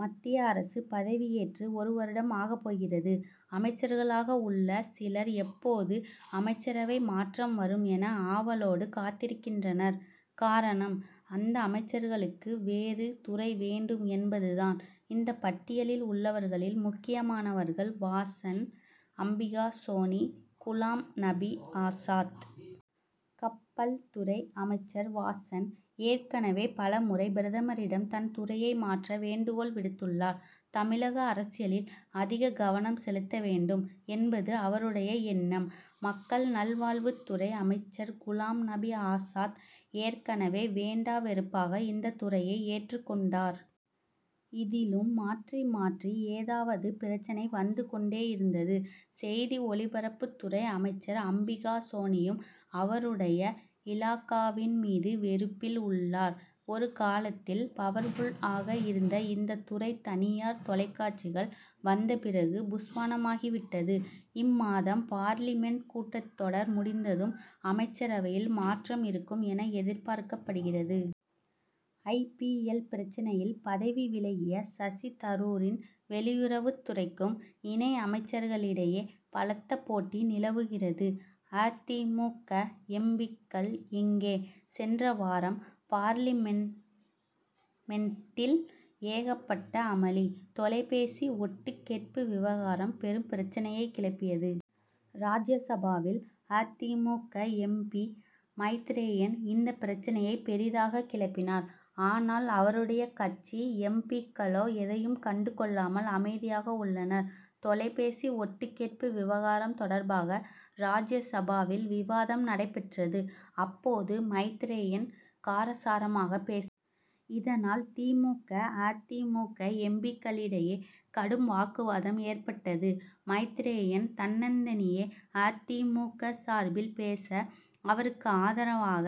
மத்திய அரசு பதவியேற்று ஒரு வருடம் ஆகப் போகிறது. அமைச்சர்களாக உள்ள சிலர், எப்போது அமைச்சரவை மாற்றம் வரும் என, ஆவலோடு காத்திருக்கின்றனர். காரணம், அந்த அமைச்சர்களுக்கு வேறு துறை வேண்டும் என்பது தான். இந்த பட்டியலில் உள்ளவர்களில் முக்கியமானவர்கள் வாசன், அம்பிகா சோனி, குலாம் நபி ஆசாத். கப் பல் துறை அமைச்சர் வாசன், ஏற்கனவே பலமுறை பிரதமரிடம் தன் துறையை மாற்ற வேண்டுகோள் விடுத்துள்ளார். தமிழக அரசியலில் அதிக கவனம் செலுத்த வேண்டும் என்பது அவருடைய எண்ணம். மக்கள் நல்வாழ்வுத் துறை அமைச்சர் குலாம் நபி ஆசாத், ஏற்கனவே வேண்டா வெறுப்பாக இந்த துறையை ஏற்றுக் கொண்டார். இதிலும் மாற்றி மாற்றி ஏதாவது பிரச்னை வந்து கொண்டேயிருந்தது. செய்தி ஒளிபரப்புத் துறை அமைச்சர் அம்பிகா சோனியும், அவருடைய இலாகாவின் மீது வெறுப்பில் உள்ளார். ஒரு காலத்தில் பவர்புல் ஆக இருந்த இந்த துறை, தனியார் தொலைக்காட்சிகள் வந்த பிறகு புஸ்வாணமாகி விட்டது. இம்மாதம் பார்லிமென்ட் கூட்டத் தொடர் முடிந்ததும், அமைச்சரவையில் மாற்றம் இருக்கும் என எதிர்பார்க்கப்படுகிறது. ஐ. பி. எல்., பிரச்னையில் பதவி விலகிய சசி தரூரின் வெளியுறவுத் துறைக்கும், இணை அமைச்சர்களிடையே பலத்த போட்டி நிலவுகிறது. அ. தி. மு. க., எம். பி.,க்கள் எங்கே? சென்ற வாரம் பார்லிமென்ட்டில் ஏகப்பட்ட அமளி. தொலைபேசி ஒட்டுக் கேட்பு விவகாரம் பெரும் பிரச்னையைக் கிளப்பியது. ராஜ்யசபாவில் அ. தி. மு. க., எம். பி., மைத்ரேயன் இந்த பிரச்னையை பெரிதாக கிளப்பினார். ஆனால், அவருடைய கட்சி எம். பி.,க்களோ, எதையும் கண்டு கொள்ளாமல் அமைதியாக உள்ளனர். தொலைபேசி ஒட்டு கேட்பு விவகாரம் தொடர்பாக ராஜ்ய சபாவில் விவாதம் நடைபெற்றது. அப்போது மைத்ரேயன் காரசாரமாகப் பேசினார். இதனால் தி. மு. க., அ. தி. மு. க., எம். பி.,க்களிடையே கடும் வாக்குவாதம் ஏற்பட்டது. மைத்ரேயன் தன்னந்தனியே அ. தி. மு. க., சார்பில் பேச, அவருக்கு ஆதரவாக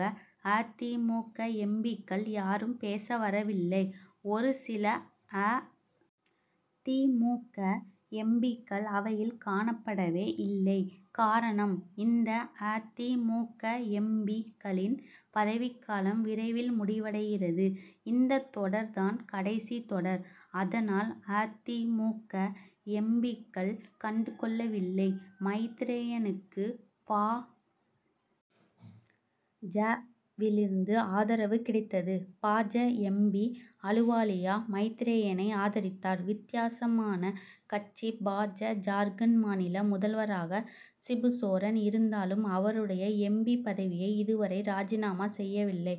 அ. தி. மு. க., எம். பி.,க்கள் யாரும் பேச வரவில்லை. ஒரு சில அ. தி. மு. க., எம். பி.,க்கள் அவையில் காணப்படவே இல்லை. காரணம், இந்த அ. தி. மு. க., எம். பி.,க்களின் பதவிக்காலம் விரைவில் முடிவடைகிறது. இந்த தொடர் தான் கடைசி தொடர். அதனால், அ. தி. மு. க., எம். பி.,க்கள் கண்டுகொள்ளவில்லை. மைத்ரேயனுக்கு பா. ஜ.,விலிருந்து ஆதரவு கிடைத்தது. பா. ஜ., எம். பி., அலுவாலியா, மைத்ரேயனை ஆதரித்தார். வித்தியாசமான கட்சி பா. ஜ., ஜார்க்கண்ட் மாநில முதல்வராக சிபுசோரன் இருந்தாலும், அவருடைய எம். பி., பதவியை இதுவரை ராஜினாமா செய்யவில்லை.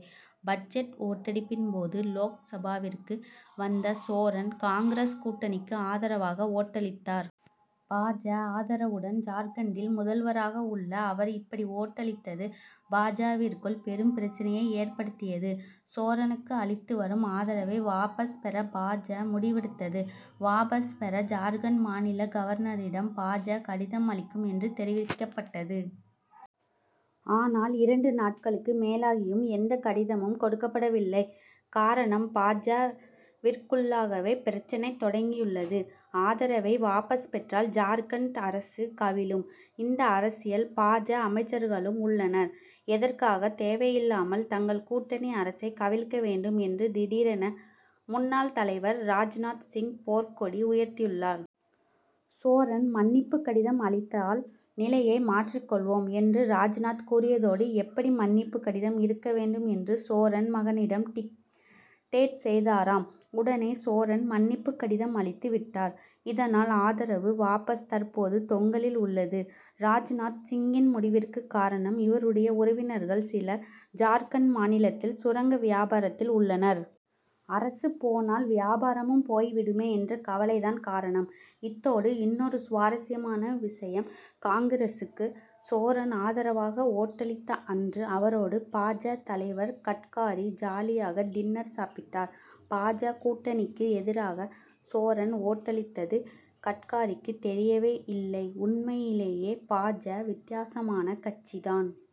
பட்ஜெட் ஓட்டெடுப்பின் போது லோக்சபாவிற்கு வந்த சோரன், காங்கிரஸ் கூட்டணிக்கு ஆதரவாக ஓட்டளித்தார். பா. ஜ., ஆதரவுடன் ஜார்க்கண்டில் முதல்வராக உள்ள அவர், இப்படி ஓட்டளித்தது பா. ஜ.,விற்குள் பெரும் பிரச்னையை ஏற்படுத்தியது. சோரனுக்கு அளித்து வரும் ஆதரவை வாபஸ் பெற பா. ஜ., முடிவெடுத்தது. வாபஸ் பெற ஜார்க்கண்ட் மாநில கவர்னரிடம் பா. ஜ., கடிதம் அளிக்கும் என்று தெரிவிக்கப்பட்டது. ஆனால், இரண்டு நாட்களுக்கு மேலாகியும் எந்த கடிதமும் கொடுக்கப்படவில்லை. காரணம் பா. ஜ.,விற்குள்ளாகவே பிரச்னை தொடங்கியுள்ளது. ஆதரவை வாபஸ் பெற்றால் ஜார்க்கண்ட் அரசு கவிழும். இந்த அரசில் பா. ஜ., அமைச்சர்களும் உள்ளனர். எதற்காக தேவையில்லாமல் தங்கள் கூட்டணி அரசை கவிழ்க்க வேண்டும் என்று திடீரென முன்னாள் தலைவர் ராஜ்நாத் சிங் போர்க்கொடி உயர்த்தியுள்ளார். 'சோரன் மன்னிப்பு கடிதம் அளித்தால், நிலையை மாற்றிக் கொள்வோம்' என்று ராஜ்நாத் கூறியதோடு, எப்படி மன்னிப்பு கடிதம் இருக்க வேண்டும் என்று சோரன் மகனிடம் டிக்டேட் செய்தாராம். உடனே சோரன், மன்னிப்பு கடிதம் அளித்து விட்டார். இதனால் ஆதரவு வாபஸ் தற்போது தொங்கலில் உள்ளது. ராஜ்நாத் சிங்கின் முடிவிற்கு காரணம், இவருடைய உறவினர்கள் சிலர், ஜார்க்கண்ட் மாநிலத்தில் சுரங்க வியாபாரத்தில் உள்ளனர். அரசு போனால் வியாபாரமும் போய்விடுமே என்ற கவலை தான் காரணம். இத்தோடு இன்னொரு சுவாரசியமான விஷயம்காங்கிரசுக்கு சோரன் ஆதரவாக ஓட்டளித்த அன்று, அவரோடு பா. ஜ., தலைவர் கட்காரி, ஜாலியாக டின்னர் சாப்பிட்டார். பா. ஜ., கூட்டணிக்கு எதிராக சோரன் ஓட்டளித்தது கட்காரிக்கு தெரியவே இல்லை. உண்மையிலேயே பா. ஜ., வித்தியாசமான கட்சி தான்.